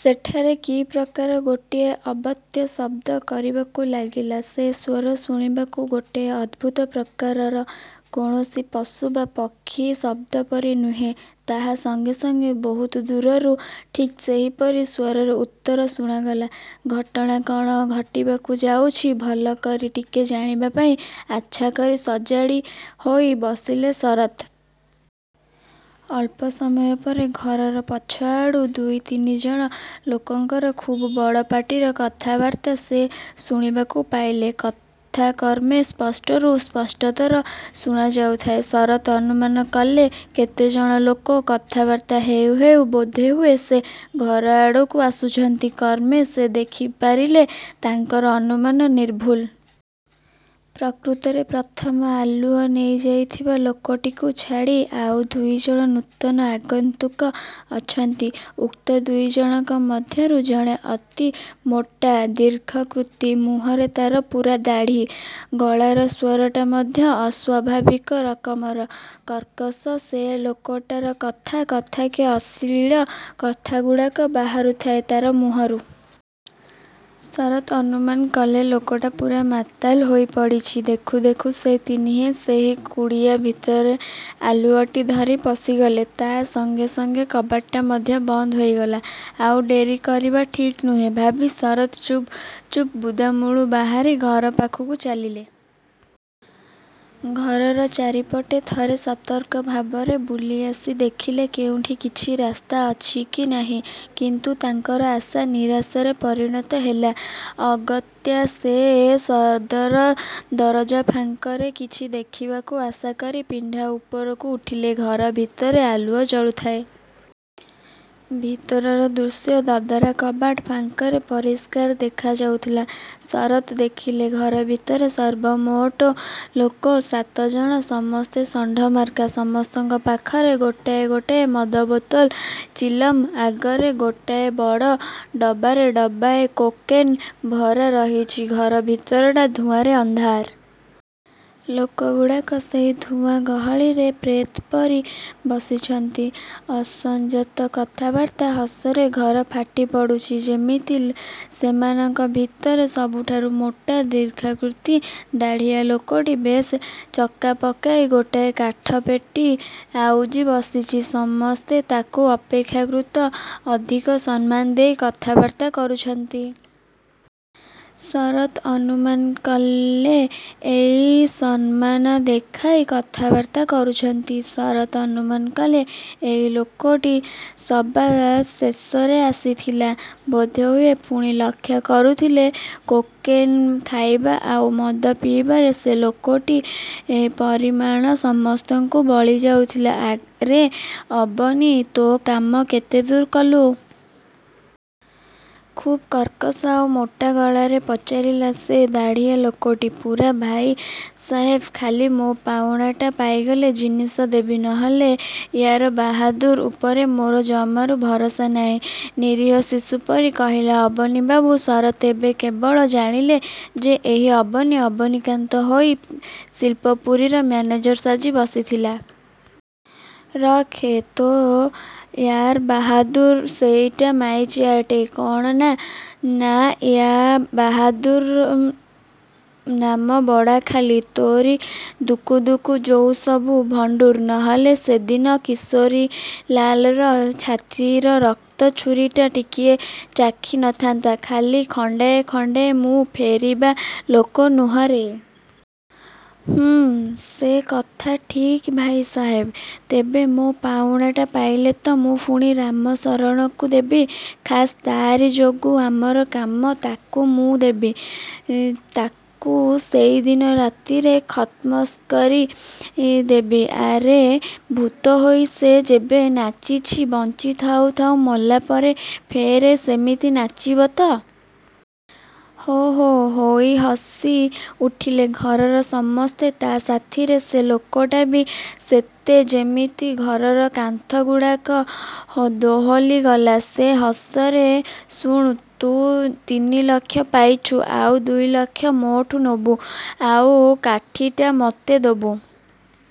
ସେଠାରେ କି ପ୍ରକାର ଗୋଟିଏ ଅବ୍ୟକ୍ତ ଶବ୍ଦ କରିବାକୁ ଲାଗିଲା। ସେ ସ୍ୱର ଶୁଣିବାକୁ ଗୋଟାଏ ଅଦ୍ଭୁତ ପ୍ରକାରର; କୌଣସି ପଶୁ ବା ପକ୍ଷୀର ଶବ୍ଦପରି ନୁହେଁ। ତା' ସଙ୍ଗେ ସଙ୍ଗେ ବହୁତ ଦୂରରୁ ଠିକ୍ ସେଇପରି ସ୍ୱରରେ ଉତ୍ତର ଶୁଣାଗଲା। ଘଟଣାଟା କ'ଣ ଘଟିବାକୁ ଯାଉଛି, ଭଲକରି ଟିକେ ଜାଣିବାପାଇଁ ଆଚ୍ଛାକରି ସଜାଡ଼ି ହୋଇ ବସିଲେ ଶରତ୍। ଅଳ୍ପ ସମୟ ପରେ ଘରର ପଛଆଡ଼ୁ ଦୁଇତିନି ଜଣ ଲୋକଙ୍କର ଖୁବ୍ ବଡ଼ପାଟିର କଥାବାର୍ତ୍ତା ସେ ଶୁଣିବାକୁ ପାଇଲେ। କଥା କ୍ରମେ ସ୍ପଷ୍ଟରୁ ସ୍ପଷ୍ଟତର ଶୁଣାଯାଉଥାଏ। ଶରତ୍ ଅନୁମାନ କଲେ, କେତେଜଣ ଲୋକ କଥାବାର୍ତ୍ତା ହେଉ ହେଉ ବୋଧହୁଏ ସେ। ଘର ଆଡ଼କୁ ଆସୁଛନ୍ତି। କ୍ରମେ ସେ ଦେଖିପାରିଲେ-ତାଙ୍କର ଅନୁମାନ ନିର୍ଭୁଲ। ପ୍ରକୃତରେ ପ୍ରଥମେ ଆଲୁଅ ନେଇଯାଇଥିବା ଲୋକଟିକୁ ଛାଡ଼ି ଆଉ ଦୁଇଜଣ ନୂତନ ଆଗନ୍ତୁକ ଅଛନ୍ତି। ଉକ୍ତ ଦୁଇଜଣକ ମଧ୍ୟରୁ ଜଣେ ଅତି ମୋଟା, ଦୀର୍ଘକୃତି। ମୁହଁରେ ତା'ର ପୂରା ଦାଢ଼ି। ଗଳାର ସ୍ୱରଟା ମଧ୍ୟ ଅସ୍ୱାଭାବିକ ରକମର କର୍କଶ। ସେ ଲୋକଟାର କଥା କଥାକେ ଅଶ୍ଳୀଳ କଥାଗୁଡ଼ା ବାହାରୁ ଥାଏ ତା' ମୁହଁରୁ। ଶରତ୍ ଅନୁମାନ କଲେ-ଲୋକଟା ପୂରା ମାତାଲ ହୋଇ ପଡ଼ିଛି। ଦେଖୁ ଦେଖୁ ସେ ତିନିହେଁ ସେଇ କୁଡ଼ିଆ ଭିତରେ ଆଲୁଅଟି ଧରି ପଶିଗଲେ। ତା ସଙ୍ଗେ ସଙ୍ଗେ କବାଟଟା ମଧ୍ୟ ବନ୍ଦ ହୋଇଗଲା। ଆଉ ଡେରି କରିବା ଠିକ୍ ନୁହେଁ ଭାବି ଶରତ୍ ଚୁପ୍ ଚାପ୍ ବୁଦାମୂଳରୁ ବାହାରି ଘର ପାଖକୁ ଚାଲିଲେ। ଘରର ଚାରିପଟେ ଥରେ ସତର୍କ ଭାବରେ ବୁଲିଆସି ଦେଖିଲେ କେଉଁଠି କିଛି ରାସ୍ତା ଅଛି କି ନାହିଁ। କିନ୍ତୁ ତାଙ୍କର ଆଶା ନିରାଶାରେ ପରିଣତ ହେଲା। ଅଗତ୍ୟା ସେ ସଦର ଦରଜା ଫାଙ୍କରେ କିଛି ଦେଖିବାକୁ ଆଶାକରି ପିଣ୍ଡା ଉପରକୁ ଉଠିଲେ। ଘର ଭିତରେ ଆଲୁଅ ଜଳୁଥାଏ। ଭିତରର ଦୃଶ୍ୟ ଦଦରା କବାଟ ଫାଙ୍କରେ ପରିଷ୍କାର ଦେଖାଯାଉଥାଏ। ଶରତ୍ ଦେଖିଲେ-ଘର ଭିତରେ ସର୍ବମୋଟ ଲୋକ ସାତଜଣ। ସମସ୍ତେ ଷଣ୍ଢ ମାର୍କା। ସମସ୍ତଙ୍କ ପାଖରେ ଗୋଟାଏ ଗୋଟାଏ ମଦ ବୋତଲ, ଚିଲମ୍। ଆଗରେ ଗୋଟାଏ ବଡ଼ ଡବାରେ ଡବାଏ କୋକେନ୍ ଭରା ରହିଛି, ଘର ଭିତରଟା ଧୂଆଁରେ ଅନ୍ଧାର। ଲୋକଗୁଡ଼ାକ ସେଇ ଧୂଆଁ ଗହଳିରେ ପ୍ରେତ ପରି ବସିଛନ୍ତି। ଅସଂଯତ କଥାବାର୍ତ୍ତା, ହସରେ ଘର ଫାଟି ପଡ଼ୁଛି ଯେମିତି-। ସେମାନଙ୍କ ଭିତରେ ସବୁଠାରୁ ମୋଟା, ଦୀର୍ଘାକୃତି, ଦାଢ଼ିଆ ଲୋକଟି ବେଶ୍ ଚକାପକାଇ ଗୋଟାଏ କାଠ ପେଟିକୁ ଆଉଜି ବସିଛି। ସମସ୍ତେ ତାକୁ ଅପେକ୍ଷାକୃତ ଅଧିକ ସମ୍ମାନ ଦେଖାଇ କଥାବାର୍ତ୍ତା କରୁଛନ୍ତି। ଶରତ୍ ଅନୁମାନ କଲେ, ଏଇ ସମ୍ମାନ ଦେଖାଇ କଥାବାର୍ତ୍ତା କରୁଛନ୍ତି। ଶରତ୍ ଅନୁମାନ କଲେ, ଏଇ ଲୋକଟି ସବା ଶେଷରେ ଆସିଥିଲା ବୋଧହୁଏ; ପୁଣି ଲକ୍ଷ୍ୟ କରୁଥିଲେ-କୋକେନ୍ ଖାଇବା ଆଉ ମଦ ପିଇବାରେ ସେ ଲୋକଟିର ପରିମାଣ ସମସ୍ତଙ୍କୁ ବଳି ଯାଉଥିଲା। ''ଆରେ ଅବନୀ! ତୋ କାମ କେତେ ଦୂର କଲୁ? '' ଖୁବ୍ କର୍କଶ ଆଉ ମୋଟା ଗଳାରେ ପଚାରିଲା ସେ ଦାଢ଼ିଆ ଲୋକଟି। ''ପୂରା ଭାଇ ସାହେବ! ଖାଲି ମୋ ପାଉଣାଟା ପାଇଗଲେ ଜିନିଷ ଦେବି। ନହେଲେ ରାୟବାହାଦୁର ଉପରେ ମୋର ଜମାରୁ ଭରସା ନାହିଁ। '' ନିରୀହ ଶିଶୁପରି କହିଲେ ଅବନୀବାବୁ। ଶରତ୍ ଏତେ ବେଳକେ ଜାଣିଲେ ଯେ-ଏହି ଅବନୀ ଅବନୀକାନ୍ତ ହୋଇ ଶିଳ୍ପପୁରୀର ମ୍ୟାନେଜର ସାଜି ବସିଥିଲା। ''ରଖ୍ରେ ତୋ ରାୟବାହାଦୁର। ସେଇଟା ମାଈଚିଆଟାଏ। କ'ଣ ନା, ନାଁ ରାୟବାହାଦୁର; ନାମ ବଡ଼ା ଖାଲି; ତା'ରି ଦୁକୁ ଦୁକୁ ଯୋଗୁ ସବୁ ଭଣ୍ଡୁର। ନହେଲେ ସେଦିନ କିଶୋରୀଲାଲର ଛାତିର ରକ୍ତ ଛୁରୀଟା ଟିକେ ଚାଖି ନଥାନ୍ତା? ଖାଲି ଥଣ୍ଡାଏ ଥଣ୍ଡାଏ ମୁଁ ଫେରିବା ଲୋକ ନୁହେଁରେ। ହୁଁ '' ''ସେ କଥା ଠିକ୍ ଭାଇ ସାହେବ! ତେବେ ମୋ ପାଉଣା ପାଇଲେତ ମୁଁ ପୁଣି ରାମ ଶରଣକୁ ଦେବି। ଖାସ୍ ତା'ରି ଯୋଗୁ ଆମର କାମ। '' ''ତାକୁ ମୁଁ ଦେବି; ତାକୁ ସେଇଦିନ ରାତିରେ ଖତମ୍କରି ଦେବି। ଆରେ, ଭୁତ ହୋଇ ସେ ଯେତେ ନାଚିଛି ବଞ୍ଚି ଥାଉ ଥାଉ, ମଲା ପରେ ଫେରେ ସେତିକି ନାଚିବ ତ! '' ହୋ ହୋ' ହୋଇ ହସି ଉଠିଲେ ଘରର ସମସ୍ତେ; ତା' ସାଥିରେ ସେ ଲୋକଟା ବି। ସତେ ଯେମିତି ଘରର କାନ୍ଥ ଗୁଡ଼ାକ ଦୋହଲିଗଲା ସେ ହସରେ। ''ଶୁଣ୍! ତୁ ତିନିଲକ୍ଷ ପାଇଛୁ। ଆଉ ଦୁଇଲକ୍ଷ ମୋଠୁ ନେବୁ ଆଉ କାଠିଟା ମତେ ଦବୁ-।